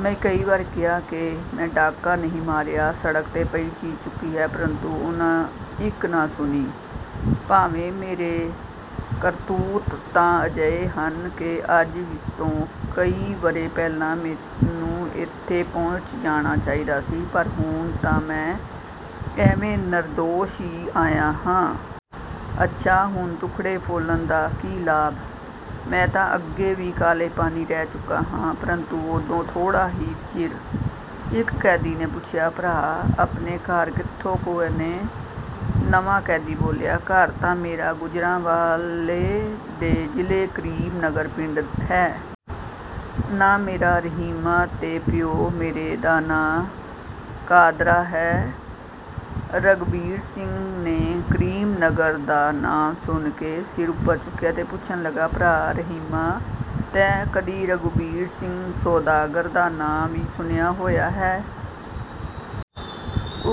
ਮੈਂ ਕਈ ਵਾਰ ਕਿਹਾ ਕਿ ਮੈਂ ਡਾਕਾ ਨਹੀਂ ਮਾਰਿਆ, ਸੜਕ ਤੇ ਪਈ ਚੀਜ਼ ਚੁੱਕੀ ਹੈ, ਪਰੰਤੂ ਉਨ੍ਹਾਂ ਇੱਕ ਨਾ ਸੁਣੀ। ਭਾਵੇਂ ਮੇਰੇ ਕਰਤੂਤ ਤਾਂ ਅਜਿਹੇ ਹਨ ਕਿ ਅੱਜ ਤੋਂ ਕਈ ਵਰ੍ਹੇ ਪਹਿਲਾਂ ਮੈਨੂੰ ਇੱਥੇ ਪਹੁੰਚ ਜਾਣਾ ਚਾਹੀਦਾ ਸੀ, ਪਰ ਹੁਣ ਤਾਂ ਮੈਂ ਐਵੇਂ ਨਿਰਦੋਸ਼ ਹੀ ਆਇਆ ਹਾਂ। ਅੱਛਾ, ਹੁਣ ਦੁੱਖੜੇ ਫੋਲਣ ਦਾ ਕੀ ਲਾਭ? ਮੈਂ ਤਾਂ ਅੱਗੇ ਵੀ ਕਾਲੇ ਪਾਣੀ ਰਹਿ ਚੁੱਕਾ ਹਾਂ, ਪਰੰਤੂ ਉਦੋਂ ਥੋੜਾ ਹੀ ਚਿਰ...। ਇੱਕ ਕੈਦੀ ਨੇ ਪੁੱਛਿਆ, "ਭਰਾ, ਆਪਣੇ ਘਰ ਕਿੱਥੇ ਕੁ ਨੇ?" ਨਵਾਂ ਕੈਦੀ ਬੋਲਿਆ, "ਘਰ ਤਾਂ ਮੇਰਾ ਗੁਜਰਾਂਵਾਲੇ ਦੇ ਜ਼ਿਲ੍ਹੇ ਕਰੀਮ ਨਗਰ ਪਿੰਡ ਹੈ। ਨਾਂ ਮੇਰਾ ਰਹੀਮਾਂ ਤੇ ਪਿਉ ਮੇਰੇ ਦਾ ਨਾਂ ਕਾਦਰਾ ਹੈ।" ਰਘਬੀਰ ਸਿੰਘ ਨੇ ਕਰੀਮ ਨਗਰ ਦਾ ਨਾਂ ਸੁਣ ਕੇ ਸਿਰ ਉੱਪਰ ਚੁੱਕਿਆ ਤੇ ਪੁੱਛਣ ਲੱਗਾ, "ਭਰਾ ਰਹੀਮਾ! ਤੈਂ ਕਦੀ ਰਘਬੀਰ ਸਿੰਘ ਸੌਦਾਗਰ ਦਾ ਨਾਂ ਵੀ ਸੁਣਿਆ ਹੋਇਆ ਹੈ?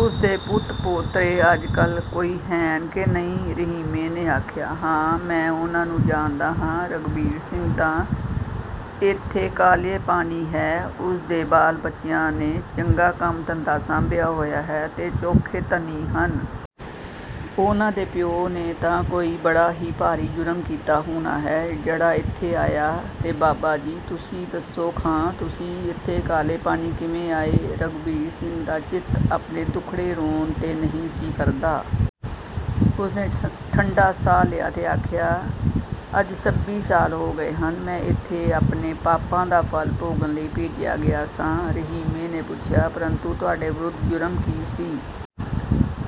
ਉਸ ਦੇ ਪੁੱਤ-ਪੋਤਰੇ ਅੱਜ ਕੱਲ੍ਹ ਕੋਈ ਹੈਨ ਕਿ ਨਹੀਂ?" ਰਹੀਮੇ ਨੇ ਆਖਿਆ, "ਹਾਂ, ਮੈਂ ਉਨ੍ਹਾਂ ਨੂੰ ਜਾਣਦਾ ਹਾਂ। ਰਘਬੀਰ ਸਿੰਘ ਤਾਂ ਇੱਥੇ ਕਾਲੇ ਪਾਣੀ ਹੈ। ਉਸ ਦੇ ਬਾਲ-ਬੱਚਿਆਂ ਨੇ ਚੰਗਾ ਕੰਮ-ਧੰਧਾ ਸਾਂਭਿਆ ਹੋਇਆ ਹੈ ਤੇ ਉਹ ਚੋਖੇ ਧਨੀ ਹਨ। ਉਨ੍ਹਾਂ ਦੇ ਪਿਉ ਨੇ ਤਾਂ ਕੋਈ ਬੜਾ ਹੀ ਭਾਰੀ ਜੁਰਮ ਕੀਤਾ ਹੋਣਾ ਹੈ, ਜਿਹੜਾ ਇੱਥੇ ਆਇਆ। ਤੇ ਬਾਬਾ ਜੀ! ਤੁਸੀਂ ਦੱਸੋ ਖਾਂ, ਤੁਸੀਂ ਇੱਥੇ ਕਾਲੇ ਪਾਣੀ ਕਿਵੇਂ ਆਏ?" ਰਘਬੀਰ ਸਿੰਘ ਦਾ ਚਿੱਤ ਆਪਣੇ ਦੁੱਖੜੇ ਰੋਣ ਤੇ ਨਹੀਂ ਸੀ ਕਰਦਾ। ਉਸ ਨੇ ਠੰਢਾ ਸਾਹ ਲਿਆ ਤੇ ਆਖਿਆ, "ਅੱਜ ਛੱਬੀ ਸਾਲ ਹੋ ਗਏ ਹਨ। ਮੈਂ ਇੱਥੇ ਆਪਣੇ ਪਾਪਾਂ ਦਾ ਫਲ ਭੋਗਣ ਲਈ ਭੇਜਿਆ ਗਿਆ ਸਾਂ।" ਰਹੀਮੇ ਨੇ ਪੁੱਛਿਆ, "ਪਰੰਤੂ ਤੁਹਾਡੇ ਵਿਰੁੱਧ ਜੁਰਮ ਕੀ ਸੀ?"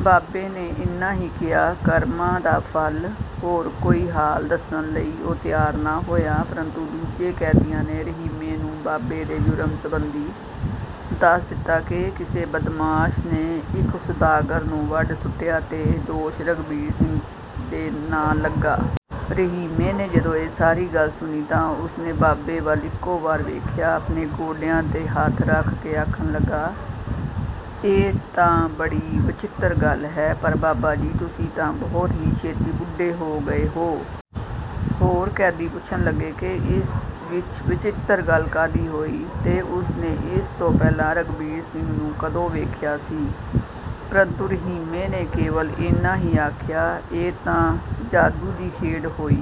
ਬਾਬੇ ਨੇ ਇੰਨਾ ਹੀ ਕਿਹਾ, "ਕਰਮਾਂ ਦਾ ਫਲ।" ਹੋਰ ਕੋਈ ਹਾਲ ਦੱਸਣ ਲਈ ਉਹ ਤਿਆਰ ਨਾ ਹੋਇਆ। ਪਰੰਤੂ ਦੂਜੇ ਕੈਦੀਆਂ ਨੇ ਰਹੀਮੇ ਨੂੰ ਬਾਬੇ ਦੇ ਜੁਰਮ ਸਬੰਧੀ ਦੱਸ ਦਿੱਤਾ ਕਿ ਕਿਸੇ ਬਦਮਾਸ਼ ਨੇ ਇੱਕ ਸੌਦਾਗਰ ਨੂੰ ਵੱਢ ਸੁੱਟਿਆ ਤੇ ਦੋਸ਼ ਰਘਬੀਰ ਸਿੰਘ ਦੇ ਨਾਂ ਲੱਗਾ। ਰਹੀਮੇ ਨੇ ਜਦੋਂ ਇਹ ਸਾਰੀ ਗੱਲ ਸੁਣੀ ਤਾਂ ਉਸ ਨੇ ਬਾਬੇ ਵੱਲ ਇਕੋ ਵਾਰ ਵੇਖਿਆ। ਆਪਣੇ ਗੋਡਿਆਂ ਤੇ ਹੱਥ ਰੱਖ ਕੇ ਆਖਣ ਲੱਗਾ, "ਇਹ ਤਾਂ ਬੜੀ ਵਿਚਿੱਤਰ ਗੱਲ ਹੈ। ਪਰ ਬਾਬਾ ਜੀ! ਤੁਸੀਂ ਤਾਂ ਬਹੁਤ ਹੀ ਛੇਤੀ ਬੁੱਢੇ ਹੋ ਗਏ ਹੋ?" ਹੋਰ ਕੈਦੀ ਪੁੱਛਣ ਲੱਗੇ ਕਿ ਇਸ ਵਿਚ ਵਿਚਿੱਤਰ ਗੱਲ ਕਾਹਦੀ ਹੋਈ ਤੇ ਉਸ ਨੇ ਇਸ ਤੋਂ ਪਹਿਲਾਂ ਰਘਬੀਰ ਸਿੰਘ ਨੂੰ ਕਦੋਂ ਵੇਖਿਆ ਸੀ, ਪਰੰਤੂ ਰਹੀਮੇ ਨੇ ਕੇਵਲ ਇੰਨਾ ਹੀ ਆਖਿਆ, "ਇਹ ਤਾਂ ਜਾਦੂ ਦੀ ਖੇਡ ਹੋਈ।